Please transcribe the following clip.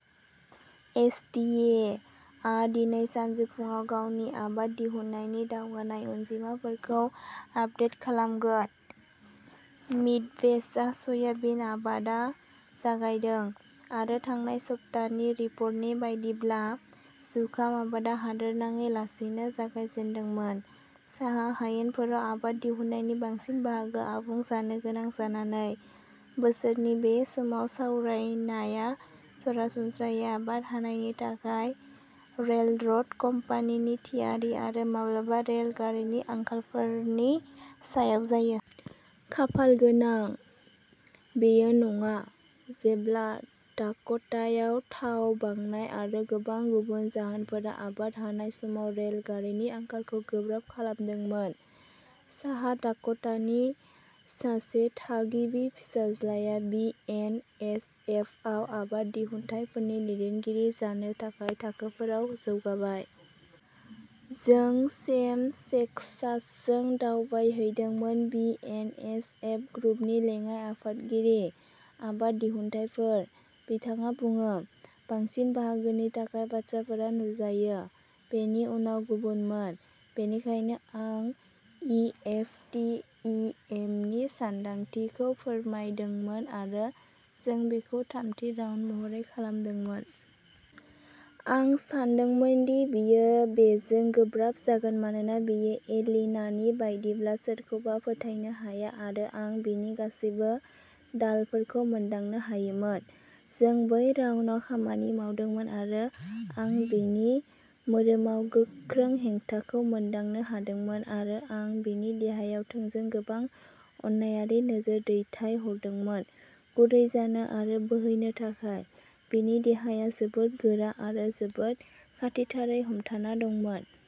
S. D. A. आ दिनै सानजौफुआव गावनि आबाद दिहुन्नायनि दावगानाय अनजिमाफोरखौ आपदेट खालामगोन। मिडवेस्टआव सयाबिन आबादा जागायदों, आरो थांनाय सप्तानि रिपर्टनि बायदिब्ला, जुखाम आबादा हादोरनाङै लासैनो जागायजेन्दोंमोन। साहा हायेनफोराव आबाद दिहुन्नायनि बांसिन बाहागोआ आबुं जानो गोनां जानानै, बोसोरनि बे समाव सावरायनाया सरासनस्रायै आबाद हानायनि थाखाय रेलरोड कम्पानिनि थियारि-आरो माब्लाबा-रेल गारिनि आंखालफोरनि सायाव जायो। खाफालगोनांै, बेयो नङा, जेब्ला डाक'टायाव थाव बांनाय-आरो गोबां गुबुन जाहोनफोरा-आबाद हानाय समाव रेल गारिनि आंखालखौ गोब्राब खालामदोंमोन। साहा डाक'टानि सासे थागिबि फिसाज्लाया बि. एन. एस. एफ. आव आबाद दिहुनथायफोरनि दैदेनगिरि जानो थाखाय थाखोफोराव जौगाबाय। जों सेम सेक्सासजों दावबायहैदोंमोन, बि. एन. एस. एफ. ग्रुपनि लेङाइ आफादगिरि, आबाद दिहुनथायफोर। बिथाङा बुङो, बांसिन बाहागोनि थाखाय, बाथ्राफोरा नुजायो। बेनि उनाव गुबुनमोन, बेनिखायनो आं E. F. T. E. M. नि सानदांथिखौ फोरमायदोंमोन आरो जों बेखौ थामथि राउन्ड महरै खालामदोंमोन। आं सान्दोंमोन दि बियो बेजों गोब्राब जागोन मानोना बियो एलिनानि बायदिब्ला सोरखौबा फोथायनो हाया आरो आं बिनि गासैबो ढालफोरखौ मोनदांनो हायोमोन। जों बै राउन्डआव खामानि मावदोंमोन आरो आं बिनि मोदोमाव गोख्रों हेंथाखौ मोनदांनो हादोंमोन आरो आं बिनि देहायाव थोंजों गोबां अननायारि नोजोर दैथायहरदोंमोन गुरै जानो आरो बोहैनो थाखाय। बिनि देहाया जोबोद गोरा आरो जोबोद खाथिथारै हमथाना दंमोन।